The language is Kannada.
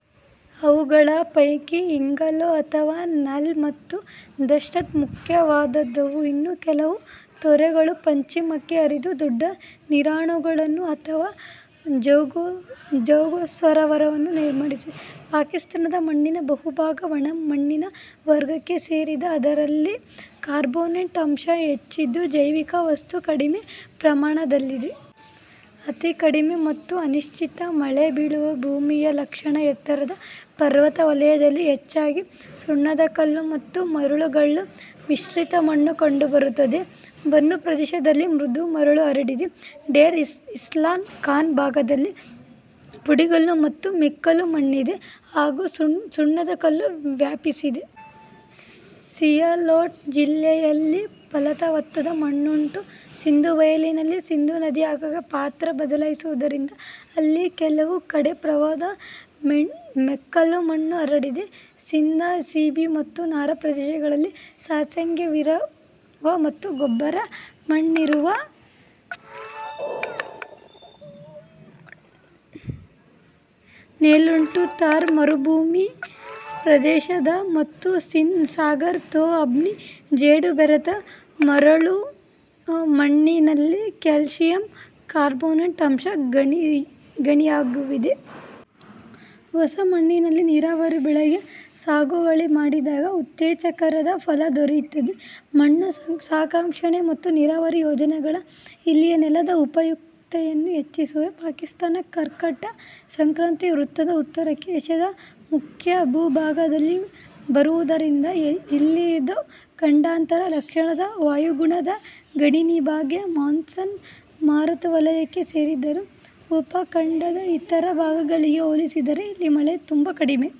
ಅವುಗಳ ಪೈಕಿ ಹಿಂಗೋಲ್ ಅಥವಾ ನಾಲ್ ಮತ್ತು ದಷ್ತ್ ಮುಖ್ಯವಾದವು. ಇನ್ನು ಕೆಲವು ತೊರೆಗಳು ಪಶ್ಚಿಮಕ್ಕೆ ಹರಿದು ದೊಡ್ಡ ನೀರುದಾಣಗಳನ್ನು ಅಥವಾ ಜೌಗುಸರೋವರಗಳನ್ನು ನಿರ್ಮಿಸಿವೆ. ಪಾಕಿಸ್ತಾನದ ಮಣ್ಣಿನ ಬಹುಭಾಗ ಒಣ ಮಣ್ಣಿನ ವರ್ಗಕ್ಕೆ ಸೇರಿದೆ. ಅದರಲ್ಲಿ ಕಾರ್ಬೊನೇಟ್ ಅಂಶ ಹೆಚ್ಚಿದ್ದು, ಜೈವಿಕ ವಸ್ತು ಕಡಿಮೆ ಪ್ರಮಾಣದಲ್ಲಿದೆ. ಇದು ಕಡಿಮೆ ಮತ್ತು ಅನಿಶ್ಚಿತ ಮಳೆ ಬೀಳುವ ಭೂಮಿಯ ಲಕ್ಷಣ. ಎತ್ತರದ ಪರ್ವತ ವಲಯದಲ್ಲಿ ಹೆಚ್ಚಾಗಿ ಸುಣ್ಣದಕಲ್ಲು ಮತ್ತು ಮರಳಗಲ್ಲು ಮಿಶ್ರಿತಮಣ್ಣು ಕಂಡುಬರುತ್ತವೆ. ಬನ್ನು ಪ್ರದೇಶದಲ್ಲಿ ಮೃದು ಮರಳು ಹರಡಿದೆ. ಡೇರ ಇಸ್ಮೇಲ್ ಖಾನ್ ಭಾಗದಲ್ಲಿ ಪುಡಿಗಲ್ಲು ಮತ್ತು ಮೆಕ್ಕಲು ಮಣ್ಣಿದೆ. ಹಾಗೂ ಸುಣ್ಣದಕಲ್ಲು ವ್ಯಾಪಿಸಿದೆ. ಸಿಯಾಲ್ಕೋಟ್ ಜಿಲ್ಲೆಯಲ್ಲಿ ಫಲವತ್ತಾದ ಮಣ್ಣುಂಟು. ಸಿಂಧೂ ಬಯಲಿನಲ್ಲಿ ಸಿಂಧೂ ನದಿ ಆಗಾಗ ಪಾತ್ರ ಬದಲಾಯಿಸುವುದರಿಂದ ಅಲ್ಲಿ ಕೆಲವು ಕಡೆ ಪ್ರವಾಹದ ಮೆಕ್ಕಲುಮಣ್ಣು ಹರಡಿದೆ. ಸಿಂಧ್ನ ಸಿಬಿ ಮತ್ತು ನಾರಾ ಪ್ರದೇಶಗಳಲ್ಲಿ ಸಸ್ಯಾಂಗವಿರುವ ಮತ್ತು ಗೊಬ್ಬರ ಮಣ್ಣಿರುವ ನೆಲವುಂಟು. ಥಾರ್ ಮರುಭೂಮಿ ಪ್ರದೇಶ ಮತ್ತು ಸಿಂಧ್ ಸಾಗರ್ ದೋಅಬ್ನ ಜೇಡು ಬೆರೆತ ಮರಳು ಮಣ್ಣಿನಲ್ಲಿ ಕ್ಯಾಲ್ಸಿಯಂ ಕಾರ್ಬೊನೇಟ್ ಅಂಶ ಗಣನೀಯವಾಗಿದೆ. ಹೊಸ ಮಣ್ಣಿನಲ್ಲಿ ನೀರಾವರಿ ಬೆಳೆ ಸಾಗುವಳಿ ಮಾಡಿದಾಗ ಉತ್ತೇಜನಕಾರಕ ಫಲ ದೊರೆತಿದೆ. ಮಣ್ಣು ಸಂರಕ್ಷಣೆ ಮತ್ತು ನೀರಾವರಿ ಯೋಜನೆಗಳು ಇಲ್ಲಿಯ ನೆಲದ ಉಪಯುಕ್ತತೆಯನ್ನು ಹೆಚ್ಚಿಸಿವೆ. ಪಾಕಿಸ್ತಾನ ಕರ್ಕಾಟಕ ಸಂಕ್ರಾಂತಿ ವೃತ್ತದ ಉತ್ತರಕ್ಕೆ ಏಷ್ಯದ ಮುಖ್ಯ ಭೂ ಭಾಗದಲ್ಲಿ ಬರುವುದರಿಂದ ಇಲ್ಲಿಯದು ಖಂಡಾಂತರ ಲಕ್ಷಣದ ವಾಯುಗುಣ, ಇದರ ಗಣನೀಯಭಾಗ ಮಾನ್ಸೂನ್ ಮಾರುತವಲಯಕ್ಕೆ ಸೇರಿದ್ದರೂ ಉಪಖಂಡದ ಇತರ ಭಾಗಗಳಿಗೆ ಹೋಲಿಸಿದರೆ ಇಲ್ಲಿ ಮಳೆ ತುಂಬ ಕಡಿಮೆ.